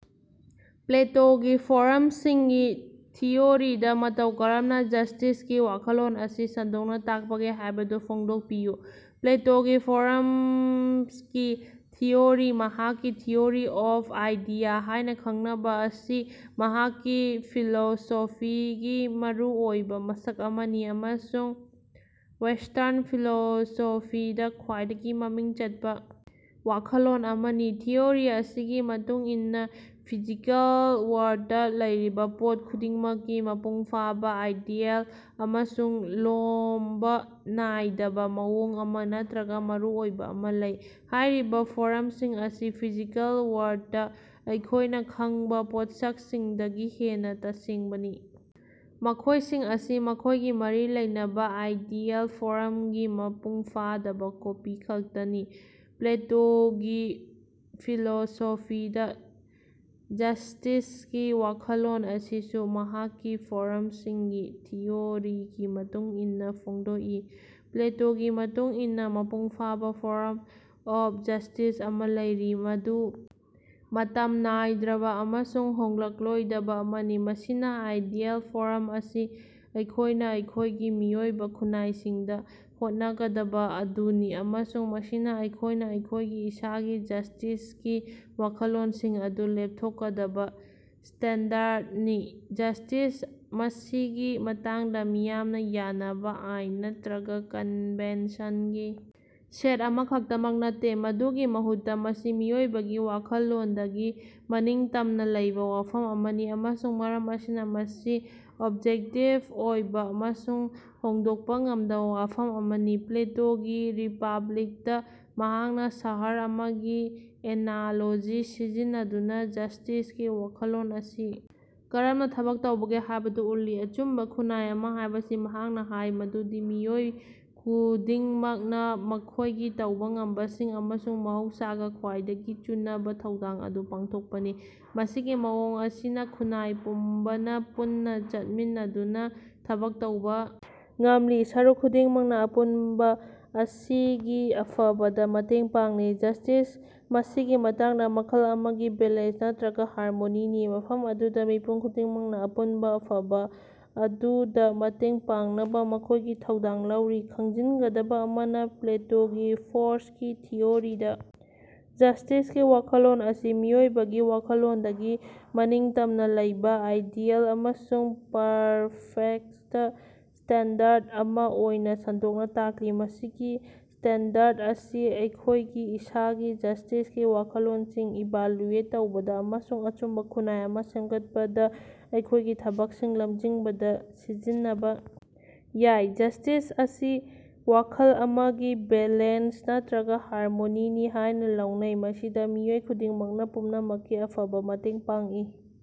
ꯄ꯭ꯂꯦꯇꯣꯒꯤ ꯐꯣꯔꯝꯁꯤꯡꯒꯤ ꯊꯤꯑꯣꯔꯤꯅ ꯃꯇꯧ ꯀꯔꯝꯅ ꯖꯁꯇꯤꯁꯀꯤ ꯋꯥꯈꯜꯂꯣꯟ ꯑꯁꯤ ꯁꯟꯗꯣꯛꯅ ꯇꯥꯛꯄꯒꯦ ꯍꯥꯏꯕꯗꯨ ꯐꯣꯡꯗꯣꯛꯄꯤꯌꯨ꯫ ꯄ꯭ꯂꯦꯇꯣꯒꯤ ꯐꯣ꯭ꯔꯝꯁꯀꯤ ꯊꯤꯑꯣꯔꯤ, ꯃꯍꯥꯛꯀꯤ ꯊꯤꯑꯣꯔꯤ ꯑꯣꯐ ꯑꯥꯏꯗꯤꯌꯥ ꯍꯥꯏꯅ ꯈꯪꯅꯕ ꯑꯁꯤ ꯃꯍꯥꯛꯀꯤ ꯐꯤꯂꯣꯁꯣꯐꯤꯒꯤ ꯃꯔꯨꯑꯣꯏꯕ ꯃꯁꯛ ꯑꯃꯅꯤ ꯑꯃꯁꯨꯡ ꯋꯦꯁꯇ꯭ꯔꯟ ꯐꯤꯂꯣꯁꯣꯐꯤꯗ ꯈ꯭ꯋꯥꯏꯗꯒꯤ ꯃꯃꯤꯡ ꯆꯠꯄ ꯋꯥꯈꯜꯂꯣꯟ ꯑꯃꯅꯤ꯫ ꯊꯤꯑꯣꯔꯤ ꯑꯁꯤꯒꯤ ꯃꯇꯨꯡ ꯏꯟꯅ ꯐꯤꯖꯤꯀꯦꯜ ꯋꯥꯔꯜꯗꯇꯥ ꯂꯩꯔꯤꯕ ꯄꯣꯠ ꯈꯨꯗꯤꯡꯃꯛꯀꯤ ꯃꯄꯨꯡ ꯐꯥꯕ, ꯑꯥꯏꯗꯤꯌꯦꯜ ꯑꯃꯁꯨꯡ ꯂꯣꯝꯕ ꯅꯥꯏꯗꯕꯥ ꯃꯑꯣꯡ ꯑꯃ ꯅꯠꯇ꯭ꯔꯒꯥ ꯃꯔꯨꯑꯣꯏꯕ ꯑꯃ‌ ꯂꯩ꯫ ꯍꯥꯏꯔꯤꯕ ꯐꯣ꯭ꯔꯝꯁꯤꯡ ꯑꯁꯤ ꯐꯤꯖꯤꯀꯦꯜ ꯋꯥꯔꯜꯗꯇꯥ ꯑꯩꯈꯣꯏꯅ ꯈꯪꯕ ꯄꯣꯠꯁꯛꯁꯤꯡꯗꯒꯤ ꯍꯦꯟꯅ ꯇꯁꯦꯡꯕꯅꯤ, ꯃꯈꯣꯏꯁꯤꯡ ꯑꯁꯤ ꯃꯈꯣꯏꯒꯤ ꯃꯔꯤ ꯂꯩꯅꯕꯥ ꯑꯥꯏꯗꯤꯌꯦꯜ ꯐꯣꯔꯝꯒꯤ ꯃꯄꯨꯡ ꯐꯥꯗꯕ ꯀꯣꯄꯤ ꯈꯛꯇꯅꯤ꯫ ꯄ꯭ꯂꯦꯇꯣꯒꯤ ꯐꯤꯂꯣꯁꯣꯐꯤꯗꯥ ꯖꯁꯇꯤꯁꯀꯤ ꯋꯥꯈꯜꯂꯣꯟ ꯑꯁꯤꯁꯨ ꯃꯍꯥꯛꯀꯤ ꯐꯣ‍ꯔꯝꯁꯤꯡꯒꯤ ꯊꯤꯑꯣꯔꯤꯒꯤ ꯃꯇꯨꯡ ꯏꯟꯅ ꯐꯣꯡꯗꯣꯛꯏ꯫ ꯄ꯭ꯂꯦꯇꯣꯒꯤ ꯃꯇꯨꯡ ꯏꯟꯅ ꯃꯄꯨꯡ ꯐꯥꯕ ꯐꯣꯔꯝ ꯑꯣꯐ ꯖꯁꯇꯤꯁ ꯑꯃ ꯂꯩꯔꯤ, ꯃꯗꯨ ꯃꯇꯝ ꯅꯥꯏꯗ꯭ꯔꯕ ꯑꯃꯁꯨꯡ ꯍꯣꯡꯂꯛꯂꯣꯏꯗꯕ ꯑꯃꯅꯤ꯫ ꯃꯁꯤꯒꯤ ꯑꯥꯏꯗꯤꯌꯦꯜ ꯐꯣꯔꯝ ꯑꯁꯤ ꯑꯩꯈꯣꯏꯅ ꯑꯩꯈꯣꯏꯒꯤ ꯃꯤꯑꯣꯏꯕ ꯈꯨꯟꯅꯥꯏꯁꯤꯡꯗ ꯍꯣꯠꯅꯒꯗꯕ ꯑꯗꯨꯅꯤ, ꯑꯃꯁꯨꯡ ꯃꯁꯤꯅ ꯑꯩꯈꯣꯏꯅ ꯑꯩꯈꯣꯏꯒꯤ ꯏꯁꯥꯒꯤ ꯖꯁꯇꯤꯁꯀꯤ ꯋꯥꯈꯜꯂꯣꯟꯁꯤꯡ ꯑꯗꯨ ꯂꯦꯞꯊꯣꯛꯀꯗꯕꯥ ꯁ꯭ꯇꯦꯟꯗꯔꯗꯅꯤ꯫ ꯖꯁꯇꯤꯁ, ꯃꯁꯤꯒꯤ ꯃꯇꯥꯡꯗ, ꯃꯤꯌꯥꯝꯅ ꯌꯥꯅꯕꯥ ꯑꯥꯏꯟ ꯅꯠꯇꯔꯒ ꯀꯟꯚꯦꯟꯁꯟꯒꯤ ꯁꯦꯠ ꯑꯃꯈꯛꯇꯃꯛ ꯅꯠꯇꯦ, ꯃꯗꯨꯒꯤ ꯃꯍꯨꯠꯇ ꯃꯁꯤ ꯃꯤꯑꯣꯏꯕꯒꯤ ꯋꯥꯈꯜꯂꯣꯟꯗꯒꯤ ꯃꯅꯤꯡꯇꯝꯅ ꯂꯩꯕ ꯋꯥꯐꯝ ꯑꯃꯅꯤ, ꯑꯃꯁꯨꯡ ꯃꯔꯝ ꯑꯁꯤꯅ ꯃꯁꯤ ꯑꯣꯕꯖꯦꯛꯇꯤꯕ ꯑꯣꯏꯕ ꯑꯃꯁꯨꯡ ꯍꯣꯡꯗꯣꯛꯄ ꯉꯝꯗꯕ ꯋꯥꯐꯝ ꯑꯃꯅꯤ꯫ ꯄ꯭ꯂꯦꯇꯣꯒꯤ ꯔꯤꯄꯥꯕ꯭ꯂꯤꯛꯇꯥ ꯃꯍꯥꯛꯅ ꯁꯍꯔ ꯑꯃꯒꯤ ꯑꯦꯅꯥꯂꯣꯖꯤ ꯁꯤꯖꯤꯟꯅꯗꯨꯅ ꯖꯁꯇꯤꯁꯀꯤ ꯋꯥꯈꯜꯂꯣꯟ ꯑꯁꯤ ꯀꯔꯝꯅ ꯊꯕꯛ ꯇꯧꯕꯒꯦ ꯍꯥꯏꯕꯗꯨ ꯎꯠꯂꯤ꯫ ꯑꯆꯨꯝꯕ ꯈꯨꯟꯅꯥꯏ ꯑꯃ ꯍꯥꯏꯕꯁꯤ ꯃꯍꯥꯛꯅ ꯍꯥꯏ ꯃꯗꯨꯗꯤ ꯃꯤꯑꯣꯏ ꯈꯨꯗꯤꯡꯃꯛꯅ ꯃꯈꯣꯏꯒꯤ ꯇꯧꯕ ꯉꯝꯕꯁꯤꯡ ꯑꯃꯁꯨꯡ ꯃꯍꯧꯁꯥꯒ ꯈ꯭ꯋꯥꯏꯗꯒꯤ ꯆꯨꯅꯕꯥ ꯊꯧꯗꯥꯡ ꯑꯗꯨ ꯄꯥꯡꯊꯣꯛꯄꯅꯤ꯫ ꯃꯁꯤꯒꯤ ꯃꯑꯣꯡ ꯑꯁꯤꯅ ꯈꯨꯟꯅꯥꯏ ꯄꯨꯝꯕꯅꯥ ꯄꯨꯟꯅ ꯆꯠꯃꯤꯟꯅꯗꯨꯅ ꯊꯕꯛ ꯇꯧꯕ ꯉꯝꯂꯤ, ꯁꯔꯨꯛ ꯈꯨꯗꯤꯡꯃꯛꯅ ꯑꯄꯨꯟꯕ ꯑꯁꯤꯒꯤ ꯑꯐꯕꯗꯥ ꯃꯇꯦꯡ ꯄꯥꯡꯂꯤ꯫ ꯖꯁꯇꯤꯁ, ꯃꯁꯤꯒꯤ ꯃꯇꯥꯡꯗ, ꯃꯈꯜ ꯑꯃꯒꯤ ꯕꯦꯂꯦꯟꯁ ꯅꯠꯇꯔꯒ ꯍꯥꯔꯃꯣꯅꯤꯅꯤ, ꯃꯐꯝ ꯑꯗꯨꯗ ꯃꯤꯄꯨꯝ ꯈꯨꯗꯤꯡꯃꯛꯅ ꯑꯄꯨꯟꯕ ꯑꯐꯕ ꯑꯗꯨꯗ ꯃꯇꯦꯡ ꯄꯥꯡꯅꯕ ꯃꯈꯣꯏꯒꯤ ꯊꯧꯗꯥꯡ ꯂꯧꯔꯤ꯫ ꯈꯪꯖꯤꯟꯒꯗꯕ ꯑꯃꯅ, ꯄ꯭ꯂꯦꯇꯣꯒꯤ ꯐꯣꯔ꯭ꯁꯀꯤ ꯊꯤꯑꯣꯔꯤꯅ ꯖꯁꯇꯤꯁꯀꯤ ꯋꯥꯈꯜꯂꯣꯟ ꯑꯁꯤ ꯃꯤꯑꯣꯏꯕꯒꯤ ꯋꯥꯈꯜꯂꯣꯟꯗꯒꯤ ꯃꯅꯤꯡꯇꯝꯅ ꯂꯩꯕ ꯑꯥꯏꯗꯤꯌꯦꯜ ꯑꯃꯁꯨꯡ ꯄꯔꯐꯦꯛꯇ ꯁ꯭ꯇꯦꯟꯗꯔꯗ ꯑꯃ ꯑꯣꯏꯅ ꯁꯟꯗꯣꯛꯅ ꯇꯥꯛꯂꯤ꯫ ꯃꯁꯤꯒꯤ ꯁ꯭ꯇꯦꯟꯗꯔꯗ ꯑꯁꯤ ꯑꯩꯈꯣꯏꯒꯤ ꯏꯁꯥꯒꯤ ꯖꯁꯇꯤꯁꯀꯤ ꯋꯥꯈꯜꯂꯣꯟꯁꯤꯡ ꯏꯚꯥꯂꯨꯑꯦꯠ ꯇꯧꯕꯗ ꯑꯃꯁꯨꯡ ꯑꯆꯨꯝꯕ ꯈꯨꯟꯅꯥꯏ ꯑꯃ ꯁꯦꯝꯒꯠꯄꯗ ꯑꯩꯈꯣꯏꯒꯤ ꯊꯕꯛꯁꯤꯡ ꯂꯝꯖꯤꯡꯕꯗ ꯁꯤꯖꯤꯟꯅꯕꯥ ꯌꯥꯏ꯫ ꯖꯁꯇꯤꯁ ꯑꯁꯤ ꯃꯈꯜ ꯑꯃꯒꯤ ꯕꯦꯂꯦꯟꯁ ꯅꯠꯇꯔꯒ ꯍꯥꯔꯃꯣꯅꯤꯅꯤ ꯍꯥꯏꯅ ꯂꯧꯅꯩ, ꯃꯁꯤꯗ ꯃꯤꯑꯣꯏ ꯈꯨꯗꯤꯡꯃꯛꯅ ꯄꯨꯝꯅꯃꯛꯀꯤ ꯑꯐꯕ ꯃꯇꯦꯡ ꯄꯥꯡꯏ꯫